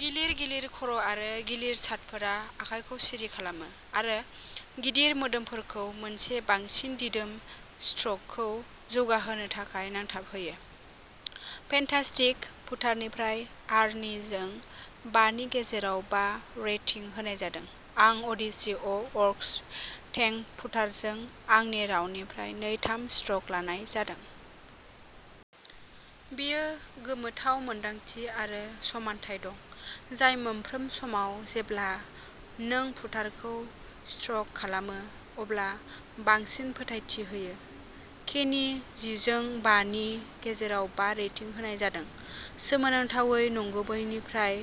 गिलिर, गिलिर खर' आरो गिलिर शाफ्टफोरा आखाइखौ सिरि खालामो आरो गिदिर मोदोमफोरखौ मोनसे बांसिन दिदोम स्ट्रकखौ जौगाहोनो थाखाय नांथाबहोयो। फेन्टास्टिक पुटारनिफ्राय आरनिजों बा नि गेजेराव बा रेटिं होनाय जादों आं अडिसी अ-वर्क्स टेंक पुटारजों आंनि राउन्डनिफ्राय नै-थाम स्ट्रक लानाय जादों। बेयो गोमोथाव मोनदांथि आरो समानथाय दं। जाय मोनफ्रोम समाव जेब्ला नों पुटारखौ स्ट्रक खालामो अब्ला बांसिन फोथायथि होयो। केनी जिजों बा नि गेजेराव बा रेटिं होनाय जादों सोमोनांथावै नंगुबैनिफ्राय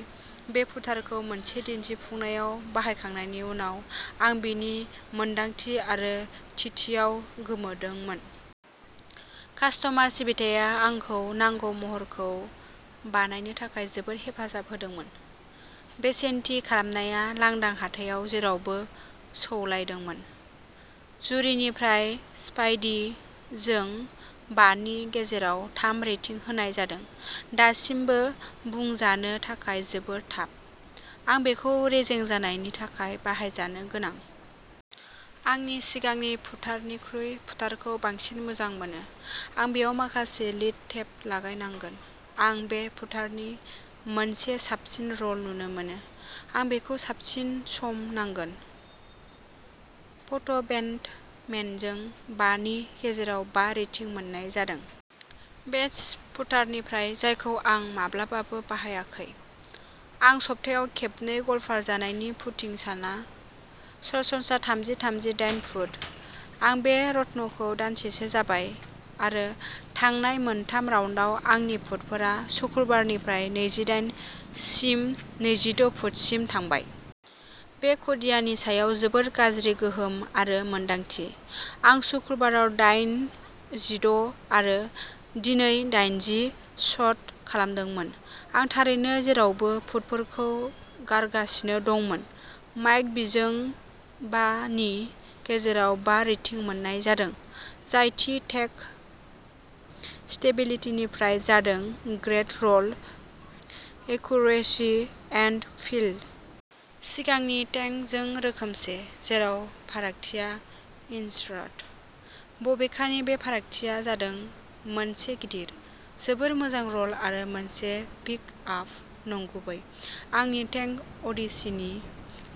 बे पुटारखौ मोनसे दिन्थिफुंनायाव बाहायखांनायनि उनाव आं बेनि मोनदांथि आरो थिथियाव गोमोदोंमोन। कास्ट'मार सिबिथाया आंखौ नांगौ महरखौ बायनो थाखाय जोबोद हेफाजाब होदोंमोन। बेसेन थि खालामनाया लांदां हाथायाव जेरावबो सौलायदोंमोन। जुरिनिफ्राय स्पाइडी जों बा नि गेजेराव थाम रेटिं होनाय जादों दासिमबो बुंजानो थाखाय जोबोद थाब। आं बेखौ रेजें जानायनि थाखाय बाहायजानो गोनां। आंनि सिगांनि पुटारनिख्रुइ पुटारखौ बांसिन मोजां मोनो। आं बेयाव माखासे लिड टेप लागायनांगोन। आं बे पुटारनि मोनसे साबसिन र'ल नुनो मोनो। आं बेखौ बांसिन सम नांगौ। फट'बेन्डमेनजों बा नि गेजेराव बा रेटिं मोननाय जादों। बेस्ट पुटारनिफ्राय जायखौ आं माब्लाबाबो बाहायाखै। आं सप्तायाव खेबनै गल्फार जायनि पुटिं साना सरासनस्रा थामजि-थामजि दाइन पुट। आं बे रतन’खौ दानसेसो जाबाय आरो थांनाय मोनथाम राउन्डआव आंनि पुटफोरा सुक्रुबारनिफ्राय नैजिदाइन सिम नैजिद’ पुटसिम थांबाय। बे खुदियानि सायाव जोबोद गाज्रि गोहोम आरो मोन्दांथि। आं सुक्रुबाराव दाइन जिद’ आरो दिनै दाइनजि शट खालामदोंमोन। आं थारैनो जेरावबो पुटफोरखौ गारगासिनो दंमोन। माइक बिजों बा नि गेजेराव बा रेटिं मोननाय जादों। जाय थि टेंक स्टेबिलिटिनिफ्राय जादों-ग्रेट र'ल, एक्युरेसि एन्ड फिल। सिगांनि टेंक जों रोखोमसे। जेराव फारागथिया इन्सर्ट। बबेखानि बे फारागथिया जादों मोनसे गिदिर। जोबोद मोजां र'ल आरो मोनसे पिक आप नंगुबै। आंनि टेंक अडिसीनि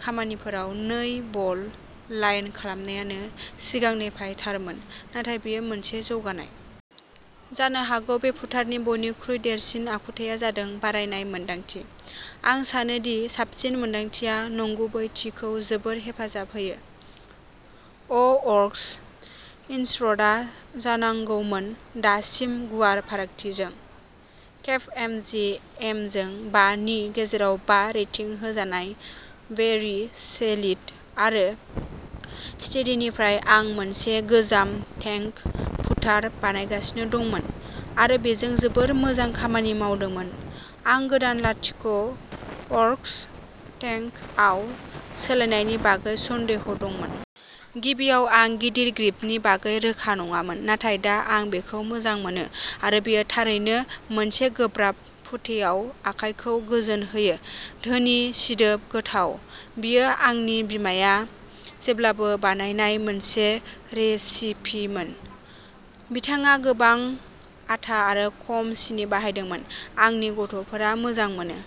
खामानिफोराव नै बल लाइन खालामनायानो सिगांनिफ्रायनो थारमोन। नाथाय बेयो मोनसे जौगानाय। जानो हागौ बे पुटारनि बयनिख्रुइ देरसिन आखुथाया जादों बारायनाय मोनदांथि। आं सानो दि साबसिन मोनदांथिया नंगुबैथिखौ जोबोद हेफाजाब होयो। अ-वर्क्स इन्सरटआ जानांगौमोन दासिम गुवार फारागथिजों। केप्ट एम जि एमजों बा नि गेजेराव बा रेटिं होजानाय वेरी सलिड आरो स्टेडीनिफ्राय आं मोनसे गोजाम टेंक पुटार बाहायगासिनो दंमोन आरो बेजों जोबोद मोजां खामानि मावदोंमोन आं गोदान लाथिख’ वरक्स टेंक आव सोलायनायनि बागै सन्देह दंमोन। गिबियाव आं गिदिर ग्रिपनि बागै रोखा नङामोन नाथाय दा आं बेखौ मोजां मोनो आरो बेयो थारैनो मोनसे गोब्राब पुटेआव आखाइखौ गोजोन होयो। धोनि, सिदोब, गोथाव। बेयो आंनि बिमाया जेब्लाबो बानायनाय मोनसे रेसिपिमोन। बिथाङा गोबां आटा आरो खम सिनि बाहायदोंमोन। आंनि गथ'फोरा मोजां मोनो।